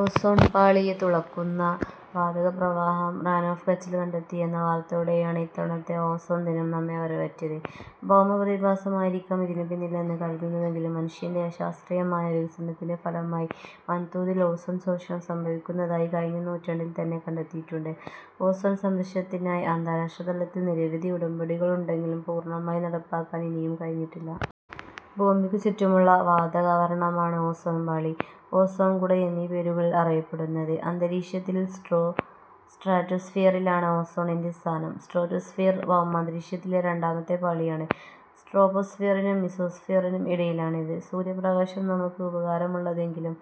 Ozone പാളിയെ തുളയ്ക്കുന്ന വാതകപ്രവാഹം റാൻ ഓഫ് കച്ചിൽ കണ്ടെത്തിയെന്ന വാർത്തയോടെയാണ് ഇത്തവണത്തെ ഓസോൺ ദിനം നമ്മെ വരവേറ്റത്. ഭൗമ പ്രതിഭാസമായിരിക്കാം ഇതിനുപിന്നിലെന്ന് കരുതുന്നുവെങ്കിലും മനുഷ്യൻ്റെ അശാസ്ത്രീയമായ വികസനത്തിൻ്റെ ഫലമായി വൻതോതിൽ ഓസോൺ ശോഷണം സംഭവിക്കുന്നതായി കഴിഞ്ഞ നൂറ്റാണ്ടിൽതന്നെ കണ്ടെത്തിയിട്ടുണ്ട്. ഓസോൺ സംരക്ഷണത്തിനായി അന്താരാഷ്ട്രതലത്തിൽ നിരവധി ഉടമ്പടികളുണ്ടെങ്കിലും പൂർണ്ണമായി നടപ്പാക്കാൻ ഇനിയും കഴിഞ്ഞിട്ടില്ല. ഭൂമിക്കു ചുറ്റുമുള്ള വാതകാവരണമാണ് ഓസോൺപാളി, ഓസോൺകുട എന്നീ പേരുകളിൽ അറിയപ്പെടുന്നത്. അന്തരീക്ഷത്തിൽ സ്ട്രാറ്റോസ്ഫിയറിലാണ് ഓസോണിൻ്റെ സ്ഥാനം. സ്ട്രാറ്റോസ്ഫിയർ ഭൗമാന്തരീക്ഷത്തിലെ രണ്ടാമത്തെ പാളിയാണ്. ട്രോപോസ്ഫിയറിനും മീസോസ്ഫിയറിനും ഇടയിലാണിത്. സൂര്യപ്രകാശം നമുക്ക് ഉപകാരമുള്ളതെങ്കിലും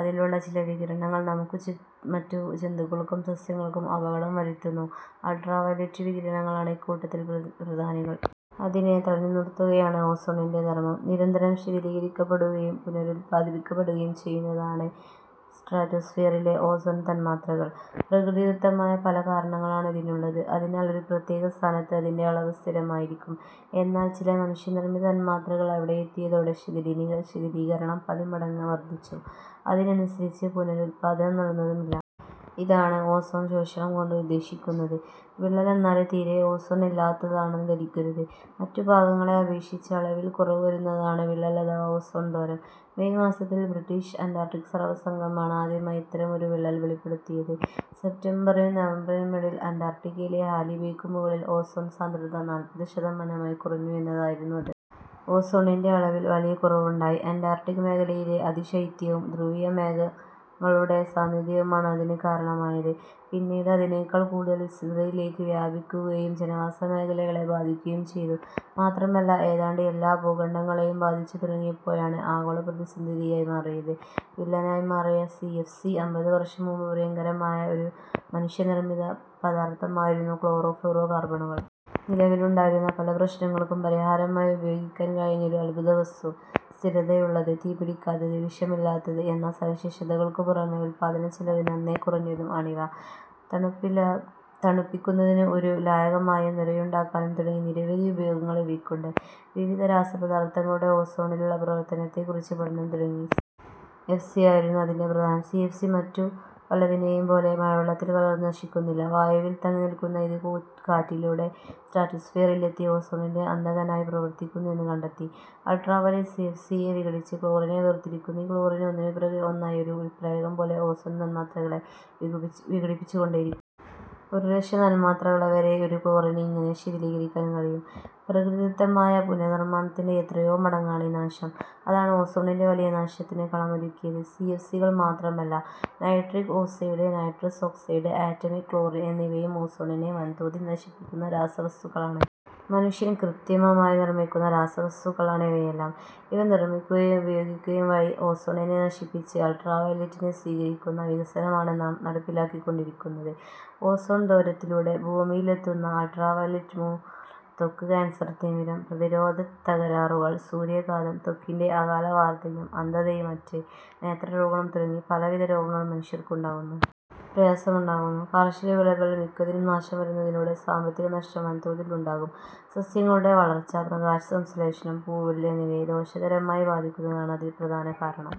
അതിലുള്ള ചില വികിരണങ്ങൾ നമുക്കും മറ്റു ജന്തുക്കൾക്കും സസ്യങ്ങൾക്കും അപകടം വരുത്തുന്നു. അൾട്ട്രാവയലറ്റ് വികിരണങ്ങളാണ് ഇക്കൂട്ടത്തിൽ പ്രധാനികൾ. അതിനെ തടഞ്ഞുനിർത്തുകയാണ് ഓസോണിൻ്റെ ധർമ്മം. നിരന്തരം ശിഥിലീകരിക്കപ്പെടുകയും പുനരുത്പാദിപ്പിക്കപ്പെടുകയും ചെയ്യുന്നതാണ് സ്ട്രാറ്റോസ്ഫിയറിലെ ഓസോൺ തന്മാത്രകൾ. പ്രകൃതിദത്തമായ പലകാരണങ്ങളാണ് ഇതിനുള്ളത്. അതിനാൽ ഒരു പ്രത്യേക സ്ഥാനത്ത് അതിൻ്റെ അളവ് സ്ഥിരമായിരിക്കും. എന്നാൽ ചില മനുഷ്യനിർമിത തന്മാത്രകൾ അവിടെ എത്തിയതോടെ ശിഥിലീകരണം പതിന്മടങ്ങ് വർധിച്ചു. അതിനനുസരിച്ച് പുനരുത്പാദനം നടന്നതുമില്ല. ഇതാണ് ഓസോൺശോഷണം കൊണ്ട് ഉദ്ദേശിക്കുന്നത്. വിള്ളലെന്നാല് തീരേ ഓസോൺ ഇല്ലാത്തതാണെന്ന് ധരിക്കരുത്. മറ്റു ഭാഗങ്ങളെ അപേക്ഷിച്ച് അളവിൽ കുറവുവരുന്നതാണ് വിള്ളൽ അഥവാ ഓസോൺദ്വാരം. മേയ് മാസത്തിൽ ബ്രിട്ടീഷ് അൻ്റാർട്ടിക് സർവ്വേ സംഘമാണ് ആദ്യമായി ഇത്തരമൊരു വിള്ളൽ വെളിപ്പെടുത്തിയത്. സെപ്റ്റംബറിനും നവംബറിനുമിടയിൽ അൻ്റാർട്ടിക്കയിലെ ഹാലി ബേക്കു മുകളിൽ ഓസോൺസാന്ദ്രത നാൽപത് ശതമാനമായി കുറഞ്ഞു എന്നതായിരുന്നു അത്. ഓസോണിൻ്റെ അളവിൽ വലിയ കുറവുണ്ടായി. അൻ്റാർട്ടിക് മേഖലയിലെ അതിശൈത്യവും ധ്രുവീയ മേഘങ്ങളുടെ സാന്നിധ്യവുമാണ് അതിനു കാരണമായത്. പിന്നീട് അതിനെക്കാൾ കൂടുതൽ വിസ്തൃതിയിലേക്ക് വ്യാപിക്കുകയും ജനവാസമേഖലകളെ ബാധിക്കുകയും ചെയ്തു. മാത്രമല്ല ഏതാണ്ട് എല്ലാ ഭൂഖണ്ഡങ്ങളെയും ബാധിച്ചുതുടങ്ങിയപ്പോഴാണ് ആഗോളപ്രതിസന്ധിയായി മാറിയത്. വില്ലനായി മാറിയ സി. എഫ്. സി അമ്പതുവർഷം മുമ്പ് പ്രിയങ്കരമായ ഒരു മനുഷ്യനിർമിത പദാർധമായിരുന്നു ക്ലോറോ ഫ്ളൂറോ കാർബണുകൾ. നിലവിലുണ്ടായിരുന്ന പല പ്രശ്നങ്ങൾക്കും പരിഹാരമായി ഉപയോഗിക്കാൻ കഴിഞ്ഞ ഒരു അദ്ഭുതവസ്തു. സ്ഥിരതയുള്ളത്, തീപിടിക്കാത്തത്, വിഷമല്ലാത്തത് എന്ന സവിശേഷതകൾക്കു പുറമേ ഉത്പാദനച്ചെലവ് നന്നേ കുറഞ്ഞതും ആണിവ. തണുപ്പിക്കു തണുപ്പിക്കുന്നതിനും ഒരു ലായകമായും നുരയുണ്ടാക്ക നും തുടങ്ങി നിരവധി ഉപയോഗങ്ങൾ ഇവയ്ക്കുണ്ട്. വിവിധ രാസപദാർധങ്ങളുടെ ഓസോണിലുള്ള പ്രവർത്തനത്തെക്കുറിച്ച് പഠനം തുടങ്ങി. സി. എഫ്. സി. യായിരുന്നു അതിൽ പ്രധാനം. സി. എഫ്. സി മറ്റു പലതിനെയും പോലെ മഴവെള്ളത്തിൽ കലർന്ന് നശിക്കുന്നില്ല. വായുവിൽ തങ്ങിനിൽക്കുന്ന ഇത് കാറ്റിലൂടെ സ്ട്രാറ്റോസ്ഫിയറിലെത്തി ഓസോണിൻ്റെ അന്തകനായി പ്രവർത്തിക്കുന്നു എന്ന് കണ്ടെത്തി. Ultraviolet C. എഫ്. സിയെ വിഘടിപ്പിച്ച് ക്ലോറിനെ വേർതിരിക്കുന്നു. ഈ ക്ലോറിന് ഒന്നിനു പിറകെ ഒന്നായി ഒരു ഉൽപ്രേരകം പോലെ ഓസോൺ തന്മാത്രകളെ വിഘടിപ്പിച്ചുകൊണ്ടേയിരിക്കു ഒരുലക്ഷം തന്മാത്രകളെവരെ ഒരു ക്ലോറിന് ഇങ്ങനെ ശിഥിലീകരിക്കാൻ കഴിയും. പ്രകൃതിദത്തമായ പുനർനിർമാണത്തിൻ്റെ എത്രയോ മടങ്ങാണ് ഈ നാശം. അതാണ് ഓസോണിൻ്റെ വലിയ നാശത്തിന് കളമൊരുക്കിയത്. സി. എഫ്. സികൾ മാത്രമല്ല, nitric oxide, nitrous oxide, atomic chlorine എന്നിവയും ഓസോണിനെ വൻതോതിൽ നശിപ്പിക്കുന്ന രാസവസ്തുക്കളാണ്. മനുഷ്യൻ കൃത്രിമമായി നിർമിക്കുന്ന രാസവസ്തുക്കളാണ് ഇവയെല്ലാം. ഇവ നിർമിക്കുകയും ഉപയോഗിക്കുകയും വഴി, ഓസോണിനെ നശിപ്പിച്ച് അൾട്രാവയലറ്റിനെ സ്വീകരിക്കുന്ന വികസനമാണ് നാം നടപ്പിലാക്കിക്കൊണ്ടിരിക്കുന്നത്. ഓസോൺദ്വാരത്തിലൂടെ ഭൂമിയിലെത്തുന്ന അൾട്രാവയലറ്റ് മൂലം ത്വക്ക് കാൻസർ, തിമിരം, പ്രതിരോധത്തകരാറുകൾ, സൂര്യാഘാതം, ത്വക്കിൻ്റെ അകാല വാർധക്യം, അന്ധതയും മറ്റ് നേത്രരോഗങ്ങളും തുടങ്ങി പലവിധ രോഗങ്ങൾ മനുഷ്യർക്കുണ്ടാകുന്നു. പ്രയാസമുണ്ടാകുന്നു. കാർഷികവിളകളിൽ മിക്കതിനും നാശം വരുന്നതിലൂടെ സാമ്പത്തിക നഷ്ടം വൻതോതിൽ ഉണ്ടാകും. സസ്യങ്ങളുടെ വളർച്ച, പ്രകാശസംശ്ലേഷണം, പൂവിടൽ എന്നിവയെ ദോഷകരമായി ബാധിക്കുന്നതാണ് അതിന് പ്രധാന കാരണം.